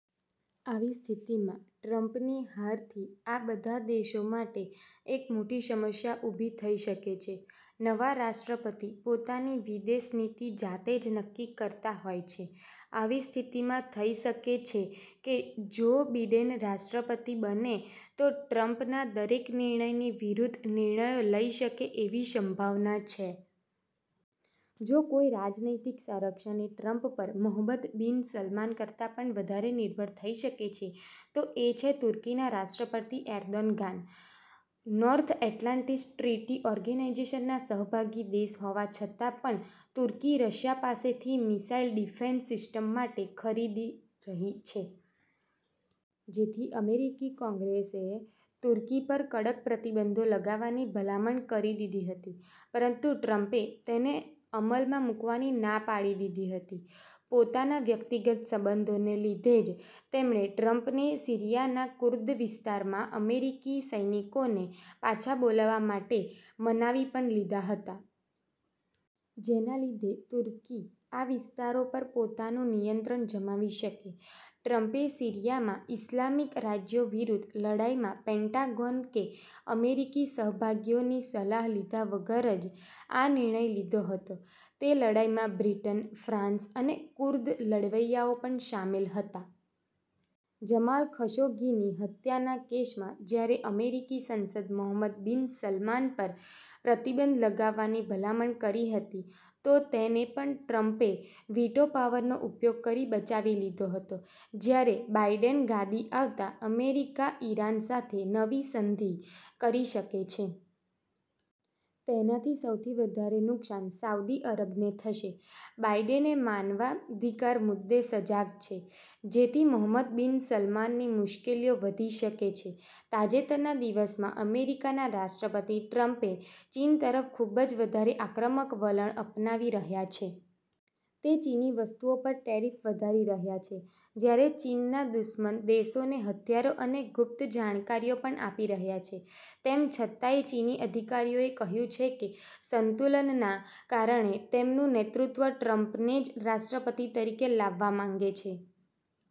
આવી સ્થિતિમાં ટ્રમ્પની હારથી આ બધા દેશો માટે એક મોટી સમસ્યા ઉભી થઈ શકે છે. નવા રાષ્ટ્રપતિ પોતાની વિદેશ નીતિ જાતે જ નક્કી કરતા હોય છે. આવી સ્થિતિમાં થઇ શકે છે કે, જો બીડેન રાષ્ટ્રપતિ બને તો ટ્રમ્પના દરેક નિર્ણયની વિરૂદ્ધ નિર્ણયો લઈ શકે એવી સંભાવના છે. જો કોઈ રાજનૈતિક સંરક્ષણ એ ટ્રમ્પ પર મોહમ્મદ બિન સલમાન કરતા પણ વધારે નિર્ભર થઇ શકે છે, તો એ છે તુર્કીના રાષ્ટ્રપતિ Erdogan. North Atlantic Treaty Organization ના સહભાગી દેશ હોવા છતાં પણ તુર્કી રશિયા પાસેથી મિસાઈલ ડિફેંસ સિસ્ટમ માટે ખરીદી રહી છે. જેથી અમેરિકી કોંગ્રેસે તુર્કી પર કડક પ્રતિબંધો લગાવવાની ભલામણ કરી દીધી હતી પરંતુ ટ્રમ્પે તેને અમલ માં મુકવાની ના પડી દીધી હતી. પોતાના વ્યક્તિગત સંબંધોને લીધે જ તેમણે ટ્રમ્પને સીરિયાના કુર્દ વિસ્તારોમાં અમેરિકી સૈનિકોને પાછા બોલાવવા માટે મનાવી પણ લીધા હતા. જેના લીધે તુર્કી આ વિસ્તારો પર પોતાનું નિયંત્રણ જમાવી શકે. ટ્રમ્પે સીરિયામાં ઈસ્લામિક રાજ્યો વિરૂદ્ધ લડાઈમાં પેંટાગોન કે અમેરિકી સહભાગીઓની સલાહ લીધા વગર જ આ નિર્ણય લીધો હતો. તે લડાઈમાં બ્રિટન, ફ્રાંસ અને કુર્દ લડવૈયાઓ પણ શામેલ હતાં. જમાલ ખશોગીની હત્યાના કેસમાં જ્યારે અમેરિકી સંસદે મોહમ્મદ બિન સલમાન પર પ્રતિબંધ લગાવવાની ભલામણ કરી હતી, તો તેને પણ ટ્રમ્પે વીટો પાવરનો ઉપયોગ કરી બચાવી લીધો હતો. જ્યારે બાઈડેન ગાદી આવતા અમેરિકા ઈરાન સાથે નવી સંધી કરી શકે છે. તેનાથી સૌથી વધારે નુકસાન સાઉદ્દી અરબને થશે. બાઈડેન માનવાધિકાર મુદ્દે સજાગ છે. જેથી મોહમ્મદ બિન સલમાનની મુશ્કેલીઓ વધી શકે છે. તાજેતરના દિવસોમાં અમેરિકાના રાષ્ટ્રપતિ ટ્રમ્પ એ ચીન તરફ ખુબ વધારે આક્રમક વલણ અપનાવી રહ્યા છે. તે ચીની વસ્તુઓ પર ટ્રેરિફ વધારી રહ્યાં છે. જ્યારે ચીનના દુશ્મન દેશોને હથિયારો અને ગુપ્ત જાણકારીઓ પણ આપી રહ્યાં છે. તેમ છતાંયે ચીની અધિકારીઓએ કહ્યું છે કે, સંતુલનના કારણે તેમનું નેતૃત્વ ટ્રમ્પને જ રાષ્ટ્રપતિ તરીકે લાવવા માંગે છે.